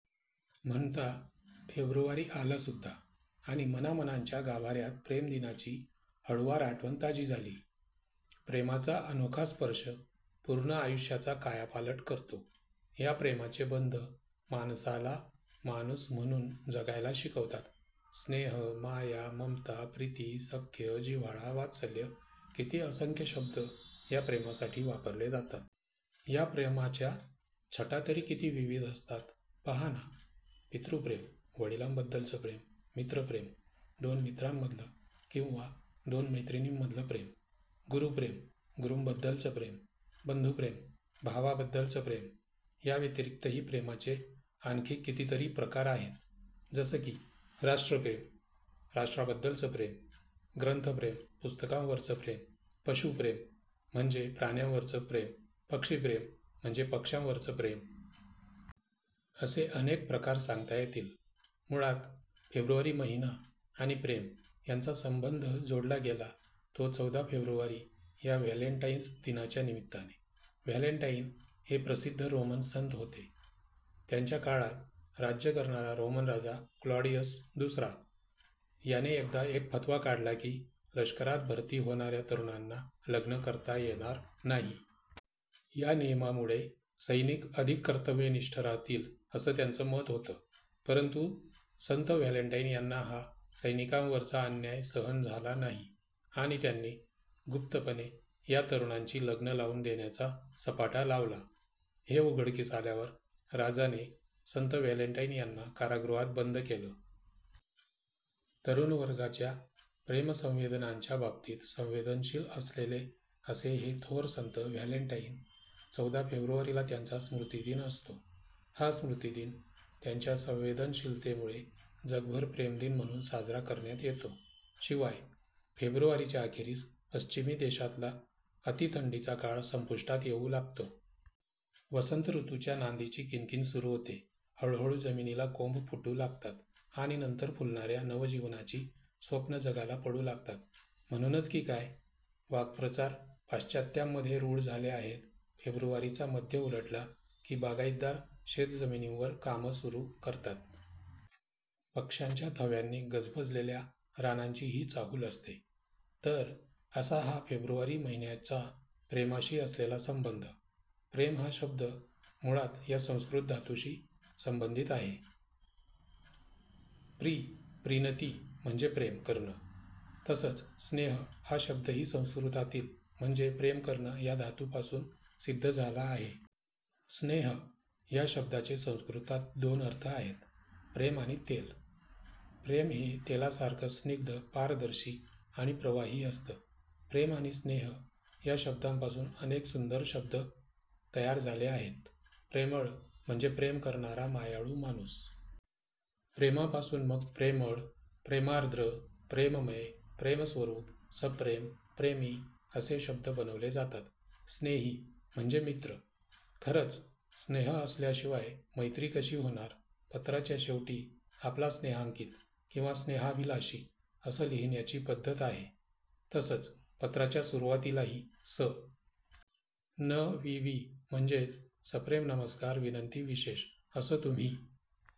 म्हणता, फेब्रुवारी आलासुद्धा आणि मनामनांच्या गाभाऱ्यात प्रेमदिनाची हळूवार आठवण ताजी झाली. प्रेमाचा अनोखा स्पर्श पूर्ण आयुष्याचा कायापालट करतो. या प्रेमाचे बंध माणसाला माणूस म्हणून जगायला शिकवतात. स्नेह, माया, ममता, प्रीती, सख्य, जिव्हाळा, वात्सल्य, किती असंख्य शब्द या प्रेमासाठी वापरले जातात. या प्रेमाच्या छटा तरी किती विविध असतात, पहाना? पितृप्रेम, वडिलांबद्दलचं प्रेम, मित्रप्रेम, दोन मित्रांमधलं किंवा दोन मैत्रिणींमधलं प्रेम, गुरूप्रेम, गुरूंबद्दलचं प्रेम, बंधुप्रेम, भावाबद्दलचं प्रेम, याव्यतिरिक्तही प्रेमाचे आणखी कितीतरी प्रकार आहेत, जसं की राष्ट्रप्रेम, राष्ट्राबद्दलचं प्रेम, ग्रंथप्रेम, पुस्तकांवरचं प्रेम, पशुप्रेम म्हणजे प्राण्यांवरचं प्रेम, पक्षीप्रेम म्हणजे पक्षांवरचं प्रेम. असे अनेक प्रकार सांगता येतील. मुळात फेब्रुवारी महिना आणि प्रेम यांचा संबंध जोडला गेला तो चौदा फेब्रुवारी या व्हॅलेन्टाइन्स दिनाच्या निमित्ताने. व्हॅलेन्टाइन हे प्रसिद्ध रोमन संत होते. त्यांच्या काळात राज्य करणारा रोमन राजा क्लॉडिअस दुसरा याने एकदा एक फतवा काढला की लष्करात भरती होणाऱ्या तरुणांना लग्न करता येणार नाही. या नियमामुळे सैनिक अधिक कर्तव्यनिष्ठ राहतील, असं त्याचं मत होतं. परंतु संत व्हॅलेन्टाइन यांना हा सैनिकांवरचा अन्याय सहन झाला नाही आणि त्यांनी गुप्तपणे या तरुणांची लग्नं लावून देण्याचा सपाटा लावला. हे उघडकीस आल्यावर राजाने संत व्हॅलेन्टाइन यांना कारागृहात बंद केलं. तरुणवर्गाच्या प्रेमसंवेदनांच्या बाबतीत संवेदनशील असलेले असे हे थोर संत, व्हॅलेन्टाइन. चौदा फेब्रुवारीला त्यांचा स्मृतिदिन असतो. हा स्मृतिदिन त्यांच्या संवेदनशीलतेमुळे जगभर प्रेमदिन म्हणून साजरा करण्यात येतो. शिवाय फेब्रुवारीच्या अखेरीस पश्चिमी देशातला अतिथंडीचा काळ संपुष्टात येऊ लागतो. वसंत ऋतूच्या नांदीची कीणकीण सुरू होते. हळूहळू जमिनीला कोंभ फुटू लागतात आणि नंतर फुलणाऱ्या नवजीवनाची स्वप्नं जगाला पडू लागतात. म्हणूनच की काय, वाक्प्रचार पाश्चात्यांमध्ये रूढ झाले आहेत. फेब्रुवारीचा मध्य उलटला की बागाईतदार शेतजमिनींवर कामं सुरू करतात. पक्ष्यांच्या थव्यांनी गजबजलेल्या रानांची ही चाहूल असते. तर असा हा फेब्रुवारी महिन्याचा प्रेमाशी असलेला संबंध. प्रेम हा शब्द मुळात या संस्कृत धातूशी संबंधित आहे. प्री, प्रीणति म्हणजे प्रेम करणं. तसंच स्नेह हा शब्दही संस्कृतातील म्हणजे प्रेम करणं या धातूपासून सिद्ध झाला आहे. स्नेह या शब्दाचे संस्कृतात दोन अर्थ आहेत. प्रेम आणि तेल. प्रेम हे तेलासारखं स्निग्ध, पारदर्शी आणि प्रवाही असतं. प्रेम आणि स्नेह या शब्दांपासून अनेक सुंदर शब्द तयार झाले आहेत. प्रेमळ म्हणजे प्रेम करणारा मायाळू माणूस. प्रेमपासून मग प्रेमळ, प्रेमार्द्र, प्रेममय, प्रेमस्वरूप, सप्रेम, प्रेमी असे शब्द बनवले जातात. स्नेही म्हणजे मित्र. खरंच स्नेह असल्याशिवाय मैत्री कशी होणार? पत्राच्या शेवटी आपला स्नेहांकित किंवा स्नेहाभिलाषी असं लिहिण्याची पद्धत आहे. तसंच पत्राच्या सुरुवातीलाही स. न. वि. वि. म्हणजेच सप्रेम नमस्कार विनंती विशेष असं तुम्ही